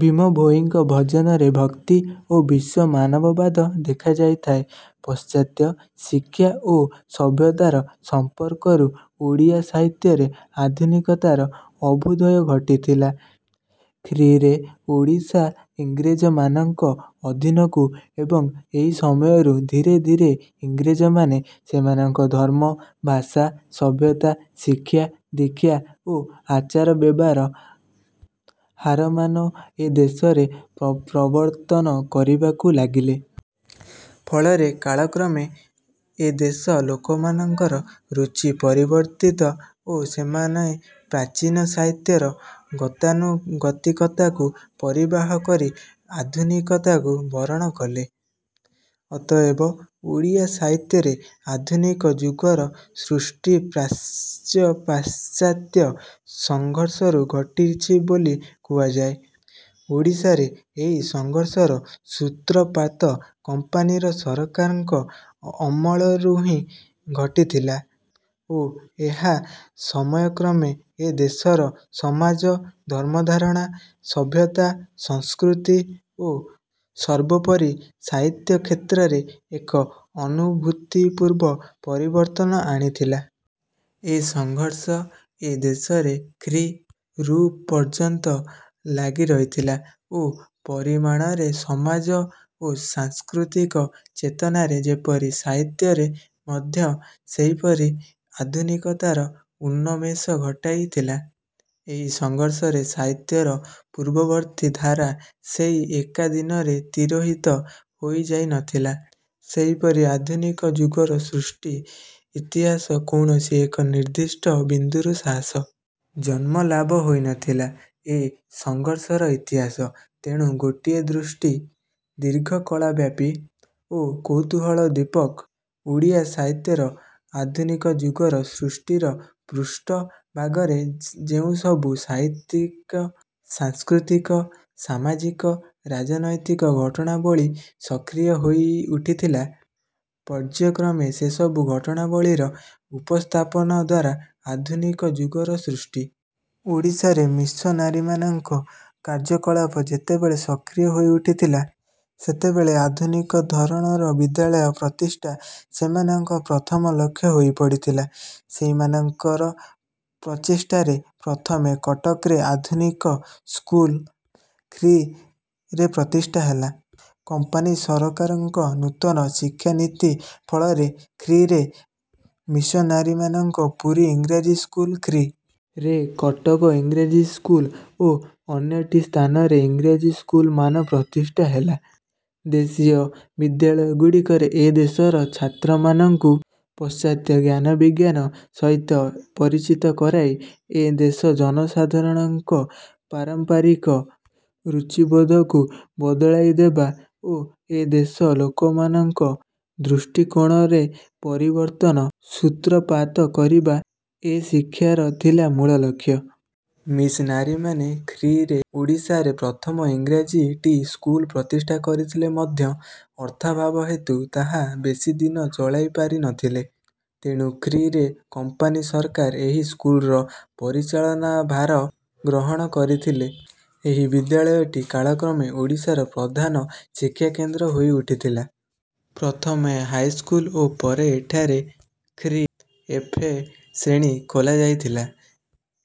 ଭୀମଭୋଇଙ୍କ ଭଜନରେ ଭକ୍ତି ଓ ବିଶ୍ୱମାନବବାଦ ଦେଖାଯାଇଥାଏ। ପଶ୍ଚ। ତ୍ୟ ଶିକ୍ଷା ଓ ସଭ୍ୟତାର ସମ୍ପର୍କରୁ ଓଡ଼ିଆ ସାହିତ୍ୟରେ ଆଧୁନିକତାର ଅଭୁ୍ଦୟ ଘଟିଥିଲା। ଖ୍ରୀ. ରେ ଓଡ଼ିଶା ଇଂରେଜମାନଙ୍କ ଅଧୀନକୁ ଏବଂ ଏହି ସମୟରୁ ଧୀରେ ଧୀରେ ଇଂରେଜମ। ନେ ସେମାନଂକ ଧର୍ମ, ଭାଷା, ସଭ୍ୟତା, ଶିକ୍ଷା, ଦୀକ୍ଷା ଓ ଆଚାର-ବ୍ୟବହାର ହାର ମାନ ଏ ଦେଶରେ ପ୍ରବର୍ତ୍ତନ କରିବାକୁ ଲାଗିଲେ। ଫଳରେ କାଳ କ୍ରମେ ଏ ଦେଶ ଲୋକମାନଙ୍କର ରୁଚି ପରିବର୍ତିତ ଓ ସେମାନେ ପ୍ରାଚୀନ ସାହିତ୍ୟର ଗତାନୁଗତିକତାକୁ ପରିହାର କରି ଆଧୁନିକତାକୁ ବରଣ କଲେ। ଅତଏବ ଓଡ଼ିଆ ସାହିତ୍ୟରେ ଆଧୁନିକ ଯୁଗର ସୃଷ୍ଟି ପ୍ରା ଚ୍ୟ-ପ। ଶ୍ଚ। ତ୍ୟ ସଂଘର୍ଷରୁ ଘଟିଛି ବୋଲି କୁହାଯାଏ। ଓଡ଼ିଶାରେ ଏହି ସଂଘର୍ଷର ସୂତ୍ରପାତ "କମ୍ପାନୀ ସରକାର"ଙ୍କ ଅମଳରୁହିଁ ଘଟିଥିଲା ଓ ଏହା ସମୟକ୍ରମେ ଏ ଦେଶର ସମାଜ, ଧର୍ମ-ଧାରଣା, ସଭ୍ୟତା, ସଂସ୍କୃତି ଓ ସର୍ବୋପରି ସାହିତ୍ୟ କ୍ଷେତ୍ରରେ ଏକ ଅନୁଭୂତିପୂର୍ବ ପରିବର୍ତ୍ତନ ଆଣିଥିଲା। ଏ ସଂଘର୍ଷ ଏ ଦେଶରେ ଖ୍ରୀ. ରୁ ପର୍ଯ୍ୟନ୍ତ ଲାଗିରହିଥିଲା ଓ ପରିମାଣରେ ସମାଜ ଓ ସଂ। ସ୍କୃତିକ ଚେତନାରେ ଯେପରି ସାହିତ୍ୟରେ ମଧ୍ୟ ସେହିପରି ଆଧୁନିକାତର ଉନଂମେଷ ଘଟାଇ ଥିଲା। ଏହି ସଂଘର୍ଷରେ ସାହିତ୍ୟରେ ପୂର୍ବବର୍ତ୍ତୀ ଧାରା ସେହି ଏକା ଦିନରେ ତିରେ। ହିତ ହୋଇ ଯାଇ ନଥିଲା, ସେହିପରି ଆଧୁନିକ ଯୁଗର ସୃଷ୍ଟି ଇତିହାସ କୌଣସି ଏକ ନିର୍ଦ୍ଦିଷ୍ଟ ବିନ୍ଦୁରୁ ସାହସ। ଜନ୍ମ ଲାଭ ହେ। ଇନଥିଲା। ଏ ସଂଘର୍ଷର ଇତିହାସ ତେଣୁ ଗୋଟିଏ ଦୃଷ୍ଟି ଦୀର୍ଘକଳାବ୍ୟାପୀ ଓ କୌତୂହଳୋଦୀପକ। ଓଡ଼ିଆ ସାହିତ୍ୟର ଆଧୁନିକ ଯୁଗର ସୃଷ୍ଟିର ପୃଷ୍ଠ ଭାଗରେ ଯେଉଁସବୁ ସାହିତ୍ୟିକ, ସାଂସ୍କୃତିକ, ସ। ମାଜିକ, ରାଜନୀତିକ ଘଟଣାବଳୀ ସକ୍ରିୟ ହୋଇ ଉଠିଥିଲା, ପର୍ଯ୍ୟାୟକ୍ରମେ ସେସବୁ ଘଟଣାବଳୀର ଉପସ୍ଥାପନଦ୍ୱାରା ଆଧୁନିକ ଯୁଗର ସୃଷ୍ଟି। ଓଡ଼ିଶାରେ ମିସନାରୀମାନଙ୍କର କାର୍ଯ୍ୟକଳାପ ଯେତେବେଳେ ସକ୍ରିୟ ହୋଇ ଉଠିଥିଲା, ସେତେବେଳେ ଆଧୁନିକଧରଣର ବିଦ୍ୟାଳୟ ପ୍ରତିଷ୍ଠା ସେମାନଙ୍କର ପ୍ରଥମ ଲକ୍ଷ୍ୟ ହୋଇପଡିଥିଲା। ସେହିମାନଙ୍କର ପ୍ରଚେଷ୍ଠାରେ ପ୍ରଥମେ କଟକରେ ଆଧୁନିକ ସ୍କୁଲ ଖ୍ରୀ. ରେ ପ୍ରତିଷ୍ଠା ହେଲା। କମ୍ପାନୀ ସରକାରଙ୍କ ନୂତନ ଶିକ୍ଷାନୀତି ଫଳରେ ଖ୍ରୀ. ରେ ମିସନାରୀମାନଙ୍କ ପୁରୀ ଇଂରାଜୀ ସ୍କୁଲ ଖ୍ରୀ. ରେ କଟକ ଇଂରାଜୀ ସ୍କୁଲ ଓ ଅନ୍ୟ ଟି ସ୍ଥାନରେ ଇଂରାଜୀ ସ୍କୁଲ ମାନ ପ୍ରତିଷ୍ଠା ହେଲା। ଦେଶୀୟ ବିଦ୍ୟାଳୟଗୁଡିକରେ ଏ ଦେଶର ଛାତ୍ରମାନଙ୍କୁ ପଶ୍ଚ। ତ୍ୟ ଜ୍ଞାନ-ବିଜ୍ଞାନ ସହିତ ପରିଚିତ କରାଇ ଏ ଦେଶ ଜନସଧାରଣଙ୍କ ପାରମ୍ପରିକ ରୁଚିବୋଧକୁ ବଦଳାଇଦେବା ଓ ଏ ଦେଶ ଲୋକଙ୍କ ଦୃଷ୍ଟିକୋଣରେ ପରିବର୍ତ୍ତନ ସୂତ୍ରପାତ କରିବା ଏ ଶିକ୍ଷାର ଥିଲା ମୂଳ ଲକ୍ଷ୍ୟ। ମିସନାରୀମାନେ ଖ୍ରୀ. ରେ ଓଡ଼ିଶାରେ ପ୍ରଥମ ଇଂରାଜୀ ଟି ସ୍କୁଲ ପ୍ରତିଷ୍ଠା କରିଥିଲେ ମଧ୍ୟ ଅର୍ଥାଭାବ ହେତୁ ତାହା ବେଶୀ ଦିନ ଚଳାଇ ପାରି ନଥିଲେ। ତେଣୁ ଖ୍ରୀ. ରେ କମ୍ପାନୀ ସରକାର ଏହି ସ୍କୁଲର ପରିଚାଳନାଭାର ଗ୍ରହଣ କରିଥିଲେ। ଏହି ବିଦ୍ୟାଳୟଟି କାଳକ୍ରମେ ଓଡ଼ିଶାର ପ୍ରଧାନ ଶିକ୍ଷାକେନ୍ଦ୍ର ହୋଇଉଠିଥିଲା। ପ୍ରଥମେ ହାଇସ୍କୁଲ ଓ ପରେ ଏଠାରେ ଖ୍ରୀ. ଏଫ. ଏ ଶ୍ରେଣୀ ଖୋଲାଯାଇଥିଲା।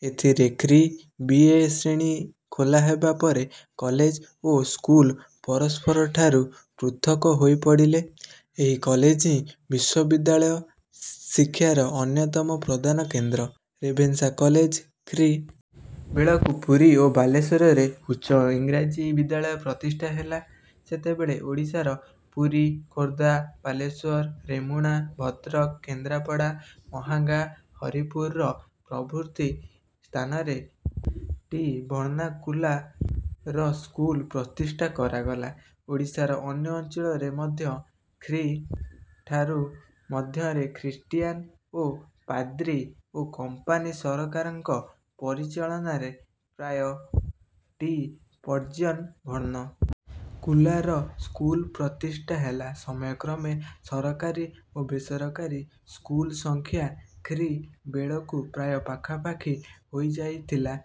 ଏଥିରେ ଖ୍ରୀ. ବି. ଏ ଶ୍ରେଣୀ ଖୋଲାହେବା ପରେ କଲେଜ ଓ ସ୍କୁଲ ପରସ୍ପରଠାରୁ ପୃଥକ ହୋଇପଡିଲେ। ଏହି କଲେଜହିଁ ବିଶ୍ୱବିଦ୍ୟାଳୟ ଶିକ୍ଷାର ଅନ୍ୟତମ ପ୍ରଧାନ କେନ୍ଦ୍ର "ରେଭେନ୍ସା କଲେଜ"। ଖ୍ରୀ. ବେଳକୁ ପୁରୀ ଓ ବାଲେଶ୍ୱରରେ ଉଚ୍ଚ ଇଂରାଜୀ ବିଦ୍ୟାଳୟ ପ୍ରତିଷ୍ଠା ହେଲା। ସେତେବେଳେ ଓଡ଼ିଶାର ପୁରୀ, ଖୋର୍ଦ୍ଧା, ବାଲେଶ୍ୱର, ରେମୁଣା, ଭଦ୍ରକ, କେନ୍ଦ୍ରାପଡ଼ା, ମହାଙ୍ଗା, ହରିହରପୁର ପ୍ରଭୃତି ସ୍ଥାନରେ ଟି ଭର୍ଣ୍ଣ। କୁଲ। ର ସ୍କୁଲ ପ୍ରତିଷ୍ଠା କରାଗଲା। ଓଡ଼ିଶାର ଅନ୍ୟ ଅଞ୍ଚଳରେ ମଧ୍ୟ ଖ୍ରୀ. ଠାରୁ ମଧ୍ୟରେ ଖ୍ରୀଷ୍ଟିଆନ ଓ ପାଦ୍ରୀ ଓ କମ୍ପାନୀ ସରକାରଙ୍କ ପରିଚାଳନାରେ ପ୍ରାୟ ଟି ପର୍ଯ୍ୟନ୍ ଭର୍ଣ୍ଣ। କୁଲ। ର ସ୍କୁଲ ପ୍ରତିଷ୍ଠା ହେଲା। ସମୟକ୍ରମେ ସରକାରୀ ଓ ବେସରକ। ରୀ ସ୍କୁଲସଂଖ୍ୟା ଖ୍ରୀ. ବେଳକୁ ପ୍ରାୟ ପାଖାପାଖି ହୋଇଯାଇଥିଲା।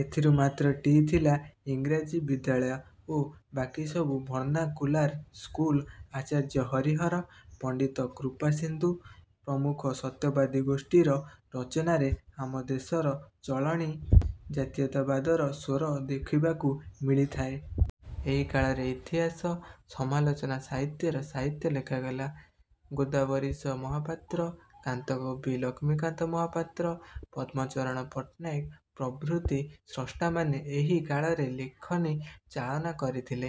ଏଥିରୁ ମାତ୍ର ଟି ଥିଲା ଇଁରାଜୀ ବିଦ୍ୟାଳୟ ଓ ବାକିସବୁ ଭର୍ଣ୍ଣାକୁଲାର ସ୍କୁଲ। ଆଚାର୍ଯ୍ୟ ହରିହର, ପଣ୍ଡିତ କୃପାସିନ୍ଧୁ ପ୍ରମୁଖ ସତ୍ୟବାଦୀ ଗୋଷ୍ଠୀର ରଚନାରେ ଆମ ଦେଶର ଚଳଣି ଜାତୀୟତାବାଦର ସ୍ୱର ଦେଖିବାକୁ ମିଳିଥାଏ। ଏହି କାଳରେ ଇତିହାସ, ସମାଲୋଚନା ସାହିତ୍ୟର ସାହିତ୍ୟ ଲେଖାଗଲା। ଗୋଦାବରୀଶ ମହାପାତ୍ର, କାନ୍ତକବି ଲକ୍ଷ୍ମୀକାନ୍ତ ମହାପାତ୍ର, ପଦ୍ମଚରଣ ପଟ୍ଟନାୟକ ପ୍ରଭୃତି ସ୍ରଷ୍ଟାମାନେ ଏହି କାଳରେ ଲେଖନୀ ଚାଳନା କରିଥିଲେ।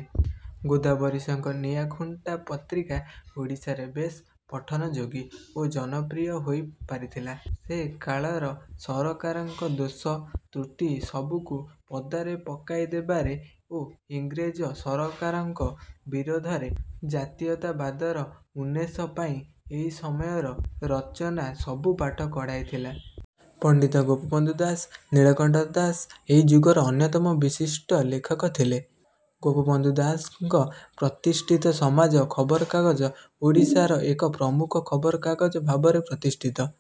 ଗୋଦାବରୀଶଙ୍କ ନିଆଁଖୁଣ୍ଟା ପତ୍ରିକା ଓଡ଼ିଶାରେ ବେଶ ପଠନଯୋଗୀ ଓ ଜନପ୍ରିୟ ହୋଇପାରିଥିଲା। ସେକାଳର ସରକାରଙ୍କ ଦୋଷ ତ୍ରୁଟିସବୁକୁ ପଦାରେ ପକାଇଦେବାରେ ଓ ଇଂରେଜ ସରକାର ବିରୋଧରେ ଜାତୀୟତାବାଦର ଉନ୍ମେଷ ପାଇଁ ଏହି ସମୟର ରଚନାସବୁ ବାଟ କଢ଼ାଇଥିଲା। ପଣ୍ଡିତ ଗୋପବନ୍ଧୁ ଦାସ, ନୀଳକଣ୍ଠ ଦାସ ଏହି ଯୁଗର ଅନ୍ୟତମ ବିଶିଷ୍ଟ ଲେଖକ ଥିଲେ। ଗୋପବନ୍ଧୁ ଦାସଙ୍କ ପ୍ରତିଷ୍ଠିତ ସମାଜ ଖବରକାଗଜ ଓଡ଼ିଶାର ଏକ ପ୍ରମୁଖ ଖବରକାଗଜ ଭାବରେ ପ୍ରତିଷ୍ଠିତ।